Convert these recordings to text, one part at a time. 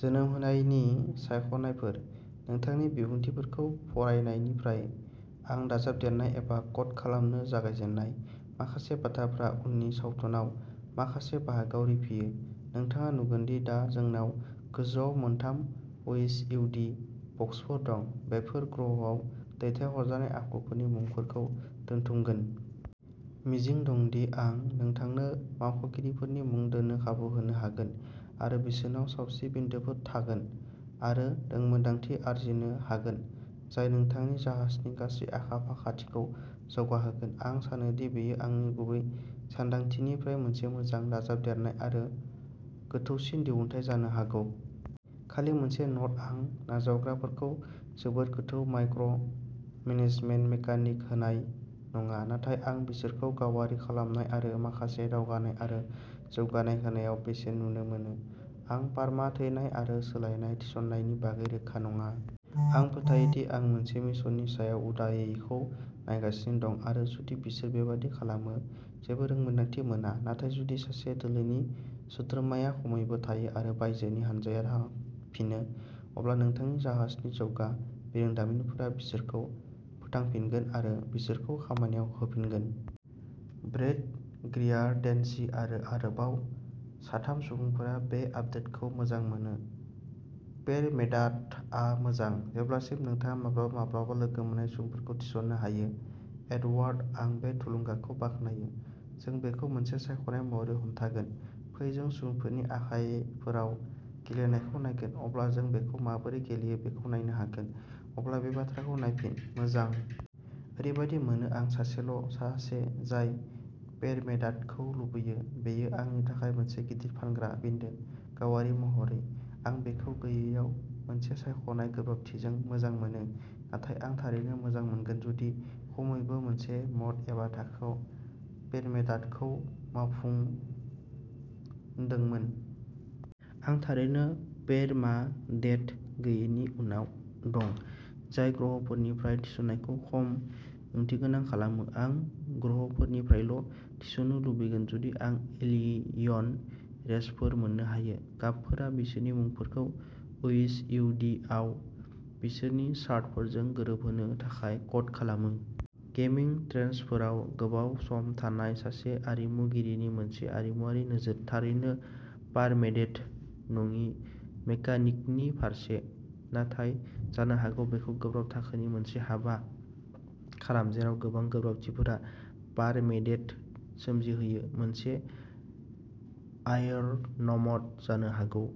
जोनोम होनायनि सायख'नायफोर। नोंथांनि बिबुंथिफोरखौ फरायनायनिफ्राय आं दाजाबदेरनाय एबा क'ड खालामनो जागायजेन्नाय माखासे बाथ्राफोरा उननि सावथुनाव माखासे बाहागोआव रिफियो। नोंथाङा नुगोन दि दा जोंनाव गोजौआव मोनथाम ओइस इउ दि बक्सफोर दं। बेफोर ग्रहआव दैथायहरजानाय आखुफोरनि मुंफोरखौ दोनथुमगोन। मिजिं दं दि आं नोंथांनो मावख'गिरिफोरनि मुं दोन्नो खाबु होनो हागोन आरो बिसोरनाव सावस्रि बिन्दोफोर थागोन आरो रोंमोनदांथि आरजिनो हागोन जाय नोंथांनि जाहाजनि गासै आखा फाखाथिखौ जौगाहोगोन। आं सानोदि बेयो आंनि गुबै सानदांथिनिफ्राय मोनसे मोजां दाजाबदेरनाय आरो गोथौसिन दिहुनथाय जानो हागौ। खालि मोनसे न'ट आं नावजावग्राफोरखौ जोबोद गोथौ माइक्र' मेनेजमेन्ट मेकानिक होनाय नङा। नाथाय आं बिसोरखौ गावारि खालामनाय आरो माखासे दावगानाय आरो जौगानाय होनायाव बेसेन नुनो मोनो। आं पारमा थैनाय आरो सोलायनाय थिसननायनि बागै रोखा नङा। आं फोथायो दि आं मोनसे मिशननि समाव उदायैखौ नायगासिनो दं आरो जुदि बिसोर बेबादि खालामो। जेबो रोंमोन्दांथि मोना। नाथाय जुदि सासे दोलोनि सोद्रोमाया खमैबो थायो आरो बायजोनि हान्जाया थांफिनो, अब्ला नोंथांनि जाहाजनि जौगा बिरोंदामिनफोरा बिसोरखौ फोथांफिनगोन आरो बिसोरखौ खामानियाव होफिनगोन। ब्रैड ग्रियार, टेनसि, आरो आरोबाव साथाम सुबुंफोरा बे आपदेटखौ मोजां मोनो। पेरमेडाथआ मोजां, जेब्लासिम नोंथाङा माब्लाबा माब्लाबा लोगो मोन्नाय सुबुंफोरखौ थिसननो हायो। एडवार्ड, आं बे थुलुंगाखौ बाख्नायो, जों बेखौ मोनसे सायख'नाय महरै हमथागोन, फै जों सुबुंफोरनि आखायफोराव गेलेनायखौ नायगोन, अब्ला जों बेखौ माबोरै गेलेयो बेखौ नायनो हागोन, अब्ला बे बाथ्राखौ नायफिन, मोजां? ओरैबादि मोनो आं सासेल' सासे जाय पेरमेडाथखौ लुबैयो बेयो आंनि थाखाय मोनसे गिदिर फानग्रा बिन्दो, गावारि महरै। आं बेखौ गैयैयाव मोनसे सायख'नाय गोब्राबथिजों मोजां मोनो, नाथाय आं थारैनो मोजां मोनगोन जुदि खमैबो मोनसे म'ड एबा थाखोआ पेरमेडाथखौ मावफुन्दोंमोन। आं थारैनो पेरमाडेथ गैयिनि उनाव दं, जाय ग्रहफोरनिफ्राय थिसननायखौ खम ओंथिगोनां खालामो। आं ग्रहफोरनिफ्रायल' थिसननो लुबैगोन जुदि आं एलियन रेसफोर मोन्नो हायो। गाबफोरा बिसोरनि मुंफोरखौ ओइस इउ दिआव बिसोरनि शार्टफोरजों गोरोबहोनो थाखाय क'ड खालामो। गेमिं ट्रेन्चफोराव गोबाव सम थानाय सासे आरिमुगिरिनि मोनसे आरिमुआरि नोजोर। थारैनो पारमेडेथ नङि मेकानिकनि फारसे। नाथाय जानो हागौ बेखौ गोब्राब थाखोनि मोनसे हाबा खालाम, जेराव गोबां गोब्राबथिफोरा पारमेडेथ सोमजिहोयो, मोनसे आयरनम'ड जानो हागौ?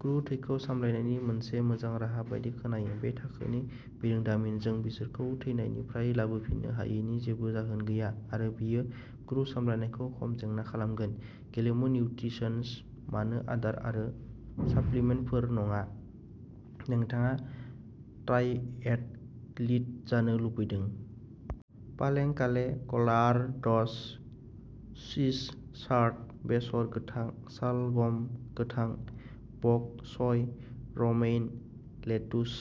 क्रु थैखौ सामलायनायनि मोनसे मोजां राहा बायदि खोनायो। बे थाखोनि बिरोंदामिनजों बिसोरखौ थैनायनिफ्राय लाबोफिननो हायैनि जेबो जाहोन गैया, आरो बेयो क्रु सामलायनायखौ खम जेंना खालामगोन। गेलेमु निउट्रिसन मानो आदार आरो साप्लिमेन्टफोर नङा? नोंथाङा ट्रायएथलिट जानो लुबैदों? पालें काले, कलार्ड्स, स्विस चार्ड, बेसर गोथां, सालगम गोथां, बक च'य, र'मेइन लेतुस।